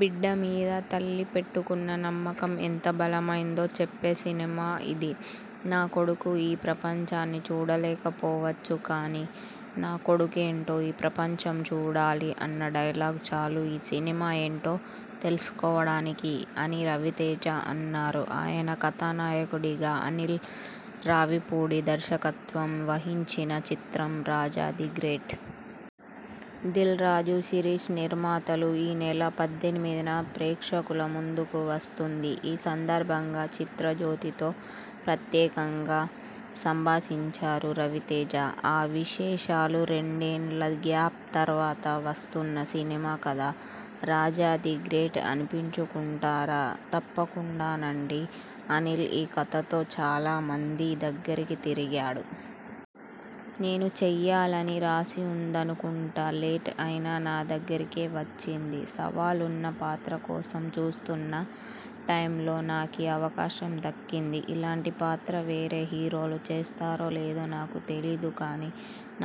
బిడ్డ మీద తల్లి పెట్టుకున్న నమ్మకం ఎంత బలమైందో చెప్పే సినిమా ఇది. 'నా కొడుకు ఈ ప్రపంచాన్ని చూడలేకపోవచ్చు. కానీ నా కొడుకేంటో ఈ ప్రపంచం చూడాలి' అన్న డైలాగ్ చాలు ఈ సినిమా ఏంటో తెలుసుకోవడానికి'' అని రవితేజ అన్నారు. ఆయన కథానాయకుడిగా అనిల్ రావిపూడి దర్శకత్వం వహించిన చిత్రం 'రాజా ది గ్రేట్'. దిల్ రాజు, శిరీశ్ నిర్మాతలు. ఈ నెల పద్దెనిమిదిన ప్రేక్షకుల ముందుకు వస్తోంది. ఈ సందర్భంగా 'చిత్రజ్యోతి'తో ప్రత్యేకంగా సంభాషించారు రవితేజ. ఆ విశేషాలురెండేళ్ల గ్యాప్ తర్వాత వస్తున్న సినిమా కదా. 'రాజా ది గ్రేట్' అనిపించుకుంటారా? తప్పకుండానండీ. అనిల్ ఈ కథతో చాలామంది దగ్గరికి తిరిగాడు. నేను చెయ్యాలని రాసి ఉందనుకుంటా. లేట్ అయినా నా దగ్గరికే వచ్చింది. సవాలున్న పాత్ర కోసం చూస్తున్న టైమ్లో నాకీ అవకాశం దక్కింది. ఇలాంటి పాత్ర వేరే హీరోలు చేస్తారో లేదో నాకు తెలీదు కానీ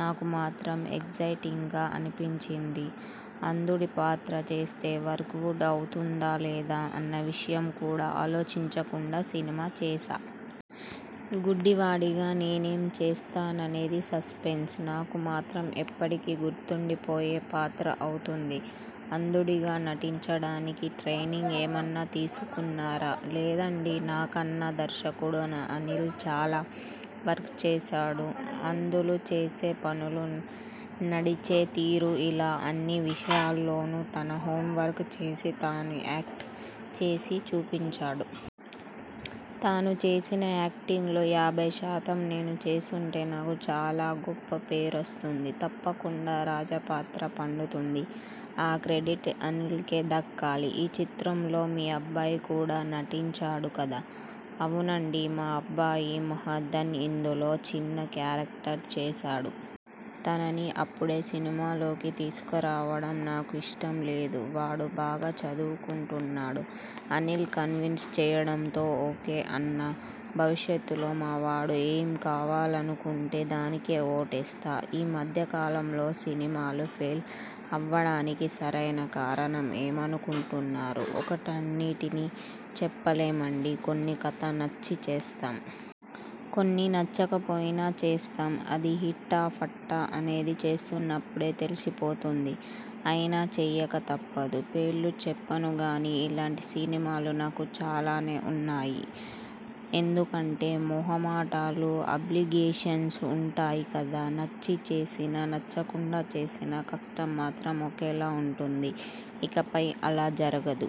నాకు మాత్రం ఎగ్జైటింగ్గా అనిపించింది. అంధుడి పాత్ర చేస్తే వర్కవుట్ అవుతుందా లేదా అన్న విషయం కూడా ఆలోచించకుండా సినిమా చేశా. గుడ్డివాడిగా నేనేం చేస్తాననేది సస్పెన్స్. నాకు మాత్రం ఎప్పటికీ గుర్తుండిపోయే పాత్ర అవుతుంది. అంధుడిగా నటించడానికి ట్రైనింగ్ ఏమన్నా తీసుకున్నారా? లేదండీ. నాకన్నా దర్శకుడు అనిల్ చాలా వర్క్ చేశాడు. అంధులు చేసే పనులు, నడిచే తీరు ఇలా అన్ని విషయాల్లోనూ తను హోమ్వర్క్ చేసి తను యాక్ట్ చేసి చూపించాడు. తాను చేసిన యాక్టింగ్లో యాభై శాతం నేను చేసుంటే నాకు చాలా గొప్ప పేరొస్తుంది. తప్పకుండా రాజా పాత్ర పండుతుంది. ఆ క్రెడిట్ అనిల్కే దక్కాలి. ఈ చిత్రంలో మీ అబ్బాయి కూడా నటించాడు కదా? అవునండీ.. మా అబ్బాయి మహాధన్ ఇందులో చిన్న క్యారెక్టర్ చేశాడు. తనని అప్పుడే సినిమాల్లోకి తీసుకురావడం నాకు ఇష్టం లేదు. వాడు బాగా చదువుకుంటున్నాడు. అనిల్ కన్విన్స్ చెయ్యడంతో ఓకే అన్నా. భవిష్యత్తులో మావాడు ఏం కావాలనుకుంటే దానికే ఓటేస్తా. ఈ మధ్యకాలంలో సినిమాలు ఫెయిల్ అవ్వడానికి సరైన కారణం ఏమనుకుంటున్నారు? ఒకటన్నిటిని చెప్పలేమండీ. కొన్ని కథ నచ్చి చేస్తాం. కొన్ని నచ్చకపోయినా చేస్తాం. అది హిట్టా ఫట్టా అనేది చేస్తున్నప్పుడే తెలిసిపోతుంది. అయినా చెయ్యక తప్పదు. పేర్లు చెప్పనుగానీ అలాంటి సినిమాలు నాకు చాలానే ఉన్నాయి. ఎందుకంటే మోహమాటాలు, ఆబ్లిగేషన్స్ ఉంటాయి కదా. నచ్చి చేసినా, నచ్చకుండా చేసినా కష్టం మాత్రం ఒకేలా ఉంటుంది. ఇకపై అలా జరగదు.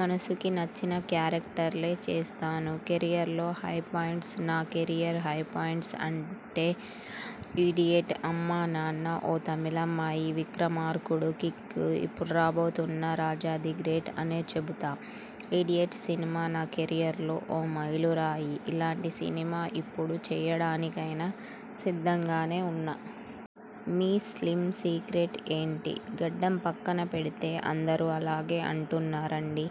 మనసుకి నచ్చిన క్యారెక్టర్లే చేస్తాను. కెరీర్లో హై పాయింట్స్? నా కెరీర్ హై పాయింట్స్ అంటే 'ఇడియట్', 'అమ్మానాన్న ఓ తమిళమ్మాయి', 'విక్రమార్కుడు', 'కిక్' ఇప్పుడు రాబోతున్న 'రాజా ది గ్రేట్ అనే చెబుతా. 'ఇడియట్' సినిమా నా కెరీర్లో ఓ మైలురాయి. అలాంటి సినిమా ఇప్పుడు చెయ్యడానికైనా సిద్ధంగానే ఉన్నా. మీ స్లిమ్ సీక్రెట్ ఏంటి? గడ్డం పక్కన పెడితే అందరూ అలాగే అంటున్నారండీ.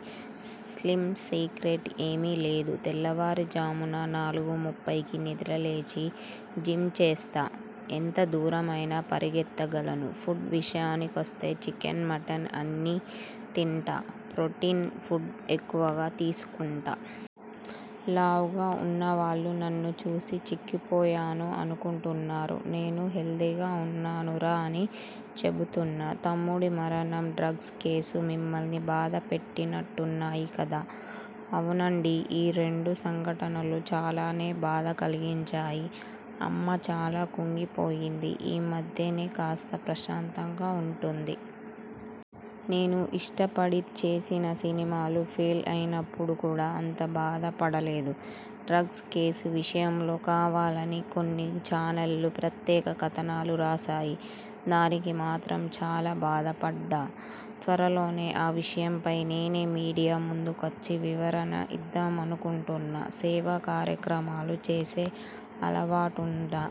స్లిమ్ సీక్రెట్ ఏమీ లేదు. తెల్లవారుజామున నాలుగు ముప్పైకి నిద్రలేచి జిమ్ చేస్తా. ఎంత దూరమైనా పరిగెత్తగలను. ఫుడ్ విషయానికొస్తే.. చికెన్, మటన్ అన్నీ తింటా. ప్రోటీన్ ఫుడ్ ఎక్కువగా తీసుకుంటా. లావుగా ఉన్నవాళ్లు నన్ను చూసి చిక్కిపోయాను అనుకుంటున్నారు. 'నేను హెల్దీగా ఉన్నాను రా' అని చెబుతున్నా. తమ్ముడి మరణం, డ్రగ్స్ కేసు మిమ్మల్ని బాధ పెట్టినట్టున్నాయి కదా? అవునండీ. ఈ రెండు సంఘటనలు చాలానే బాధ కలిగించాయి. అమ్మ చాలా కుంగిపోయింది. ఈ మధ్యనే కాస్త ప్రశాంతంగా ఉటోంది. నేను ఇష్టపడి చేసిన సినిమాలు ఫెయిల్ అయినప్పుడు కూడా అంతగా బాధ పడలేదు. డ్రగ్స్ కేసు విషయంలో కావాలని కొన్ని ఛానెళ్లు ప్రత్యేక కథనాలు రాశాయి. దానికి మాత్రం చాలా బాధపడ్డా. త్వరలోనే ఆ విషయంపై నేనే మీడియా ముందుకొచ్చి వివరణ ఇద్దామనుకుంటున్నా. సేవా కార్యక్రమాలు చేసే అలవాటుందా?